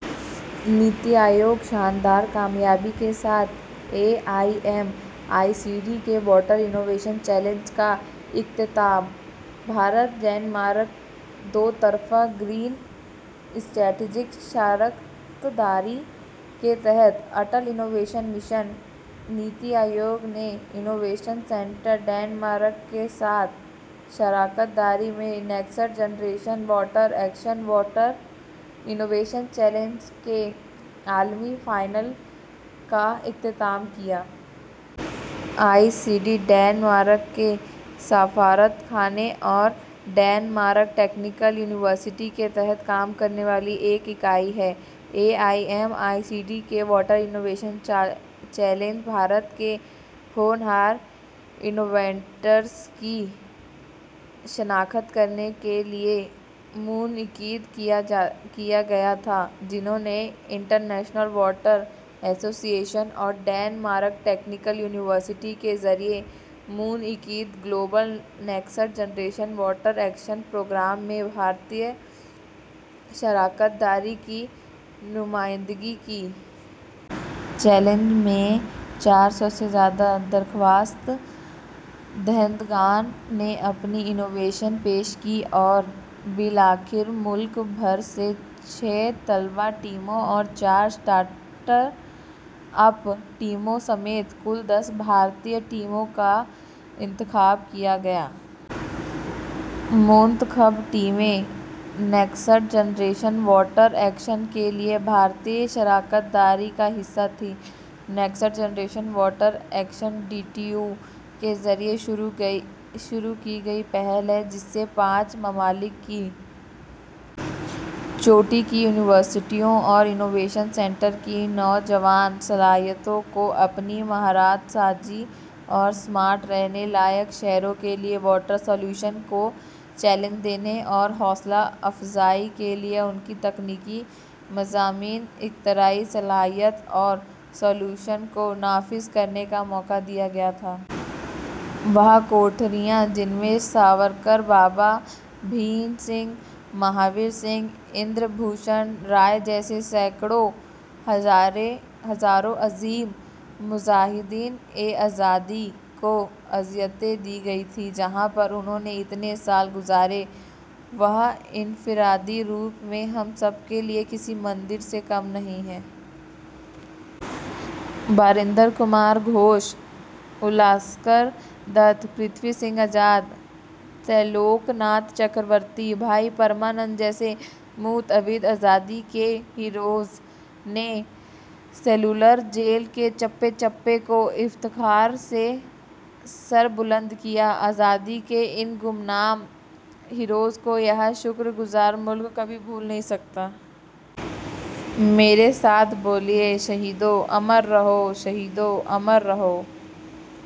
نیتی آیوگ شاندار کامیابی کے ساتھ A I M I C D K water innovation challenge کا اختتام۔ بھارت ڈنمارک دو طرفہ گرین اسٹریٹجک شراکت داری کے تحت اٹل انوویشن مشن، نیتی آیوگ نے انوویشن سنٹر ڈنمارک کے ساتھ شراکت داری میں next generation water action water innovation challenge کے عالمی فائنل کا اختتام کیا۔ آئی سی ڈی، ڈنمارک کے سفارتخانے اور ڈنمارک ٹیکنیکل یونیورسٹی کے تحت کام کرنے والی ایک اکائی ہے۔ A I M I C D K water innovation challenge Bharat کے ہونہار انوویٹرس کی شناخت کرنے کے لیے منعقد کیا گیا تھا، جنہوں نے انٹرنیشنل واٹر ایسوسی ایشن اور ڈنمارک ٹیکنیکل یونیورسٹی کے ذریعے منعقد global next generation water action programme میں بھارتی شراکت داری کی نمائندگی کی۔ چیلنج میں چار سو سے زیادہ درخواست دہندگان نے اپنی انوویشن پیش کیں اور بالآخر ملک بھر سے چھ طلبہ ٹیموں اور چار اسٹارٹ اپ ٹیموں سمیت کل دس بھارتی ٹیموں کا انتخاب کیا گیا۔ منتخب ٹیمیں ’نیکسٹ جنریشن واٹر ایکشن‘ کے لیے بھارتی شراکت داری کا حصہ تھیں۔ Next generation water action D T U کے ذریعے شروع کی گئی پہل ہے، جس میں پانچ ممالک کی چوٹی کی یونیورسٹیوں اور انوویشن سنٹر کی نوجوان صلاحیتوں کو اپنی مہارت سازی اور اسمارٹ، رہنے لائق شہروں کے لیے واٹر سلوشن کو چیلنج دینے اور حوصلہ افزائی کے لیے ان کے تکنیکی مضامین، اختراعی صلاحیت اور سلوشن کو نافذ کرنے کا موقع دیا گیا تھا۔ وہ کوٹھریاں جن میں ساورکر، بابا بھان سنگھ، مہاویر سنگھ، اندر بھوشن رائے جیسے سینکڑوں، ہزاروں عظیم مجاہدینِ آزادی کو اذیتیں دی گئی تھیں۔ جہاں پر انہوں نے اتنے سال گزارے، وہ انفرادی روپ میں ہم سب کے لیے کسی مندر سے کم نہیں ہیں۔ پاریندر کمار گھوش، اُلّاس کر دت، پرتھوی سنگھ آزاد، تریہ لوکیہ ناتھ چکرورتی، بھائی پرمانند جیسے متعدد آزادی کے ہیروز نے سیلولر جیل کے چپے چپے کو افتخار سے سربلند کیا۔ آزادی کے ان گمنام ہیروز کو یہ شکرگزار ملک کبھی بھول نہیں سکتا۔ میرے ساتھ بولیے، شہیدوں! امر رہو، شہیدوں! امر رہو، ساتھیو!